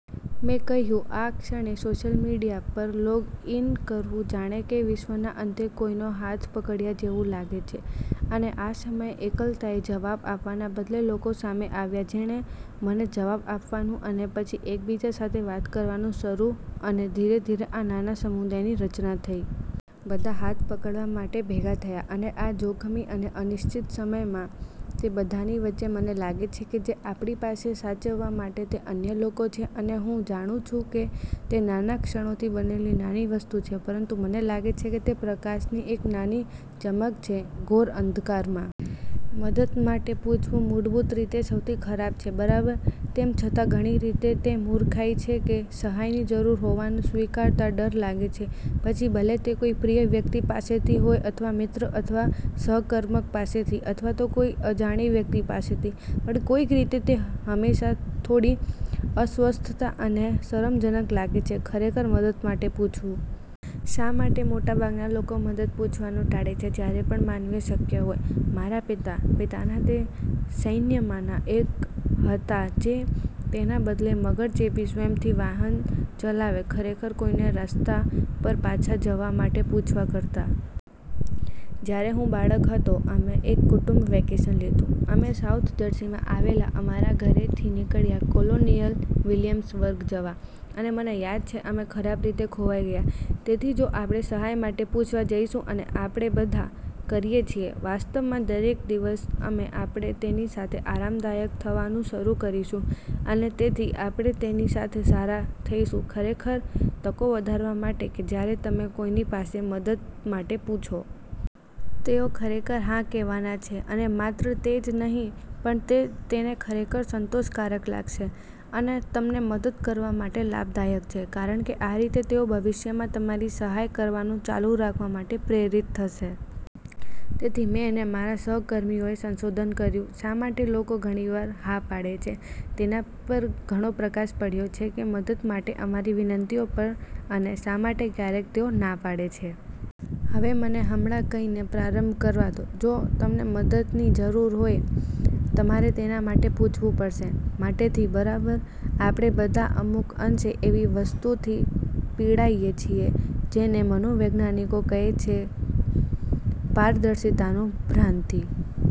મેં કહ્યું, "આ ક્ષણે સોશિયલ મીડિયા પર લોગ ઇન કરવું જાણે કે વિશ્વના અંતે કોઈનો હાથ પક્ડયાં જેવું લાગે છે" અને આ સમયે એકલતાએ જવાબ આપવાનાં બદલે લોકો સામે આવ્યાં જેણે મને જવાબ આપવાનું અને પછી એકબીજા સાથે વાત કરવાનું શરૂ અને ધીરે ધીરે આ નાના સમુદાયની રચના થઈ. બધા હાથ પકડવા માટે ભેગા થયા. અને આ જોખમી અને અનિશ્ચિત સમયમાં તે બધાની વચ્ચે મને લાગે છે કે જે આપણી પાસે સાચવવા માટે તે અન્ય લોકો છે. અને હું જાણું છું કે તે નાના ક્ષણોથી બનેલી નાની વસ્તુ છે પરંતુ મને લાગે છે કે તે પ્રકાશની એક નાની ચમક છે ઘોર અંધકારમાં. મદદ માટે પૂછવુ મૂળભૂત રીતે સૌથી ખરાબ છે, બરાબર? તેમ છતાં ઘણી રીતે તે મૂર્ખાઇ છે કે સહાયની જરૂર હોવાનું સ્વીકારતા ડર લાગે છે પછી ભલે તે કોઈ પ્રિય વ્યક્તિ પાસેથી હોય અથવા મિત્ર અથવા સહકર્મક પાસેથી અથવા તો કોઈ અજાણી વ્યક્તિ પાસેથી પણ કોઈક રીતે તે હંમેશા થોડી અસ્વસ્થતા અને શરમજનક લાગે છે ખરેખર મદદ માટે પૂછવું. શા માટે મોટાભાગના લોકો મદદ પૂછવાનું ટાળે છે જ્યારે પણ માનવીય શક્ય હોય? મારા પિતા, પિતાના તે સૈન્યમાંના એક હતા જે તેના બદલે મગર-ચેપી સ્વેમ્પથી વાહન ચલાવે ખરેખર કોઈને રસ્તા પર પાછા જવા માટે પૂછવા કરતાં. જ્યારે હું બાળક હતો, અમે એક કુટુંબ વેકેશન લીધું. અમે સાઉથ જર્સીમાં આવેલા અમારા ઘરેથી નીકળ્યા કોલોનિયલ વિલિયમ્સબર્ગ જવા અને મને યાદ છે અમે ખરાબ રીતે ખોવાઈ ગયા. તેથી જો આપણે સહાય માટે પૂછવા જઈશું અને આપણે બધા કરીએ છીએ, વાસ્ત્વમા દરેક દિવસ અમે આપણે તેની સાથે આરામદાયક થવાનું શરૂ કરીશું અને તેથી આપણે તેની સાથે સારા થઈશુ ખરેખર તકો વધારવા માટે કે જ્યારે તમે કોઈની પાસે મદદ માટે પૂછો. તેઓ ખરેખર હા કહેવાના છે. અને માત્ર તે જ નહીં, પણ તે તેને ખરેખર સંતોષકારક લાગશે. અને તમને મદદ કરવા માટે લાભદાયક છે કારણકે આ રીતે, તેઓ ભવિષ્યમાં તમારી સહાય કરવાનું ચાલુ રાખવા માટે પ્રેરિત થશે. તેથી મેં ને મારા સહકર્મીઓએ સંશોધન કર્યું, "શા માટે લોકો ઘણી વાર હા પાડે છે?" તેના પર ઘણો પ્રકાશ પાડ્યો છે કે મદદ માટે અમારી વિનંતીઓ પર અને "શા માટે ક્યારેક તેઓ ના પાડે છે?" હવે મને હમણાં કહીને પ્રારંભ કરવા દો, જો તમને મદદની જરૂર હોય, તમારે તેના માટે પૂછવું પડશે. મોટેથી. બરાબર? આપણે બધા અમુક અંશે એવી વસ્તુથી પીડાઇએ છીએ જેને મનોવૈજ્ઞાનિકો કહે છે "પારદર્શિતાનો ભ્રાંતિ".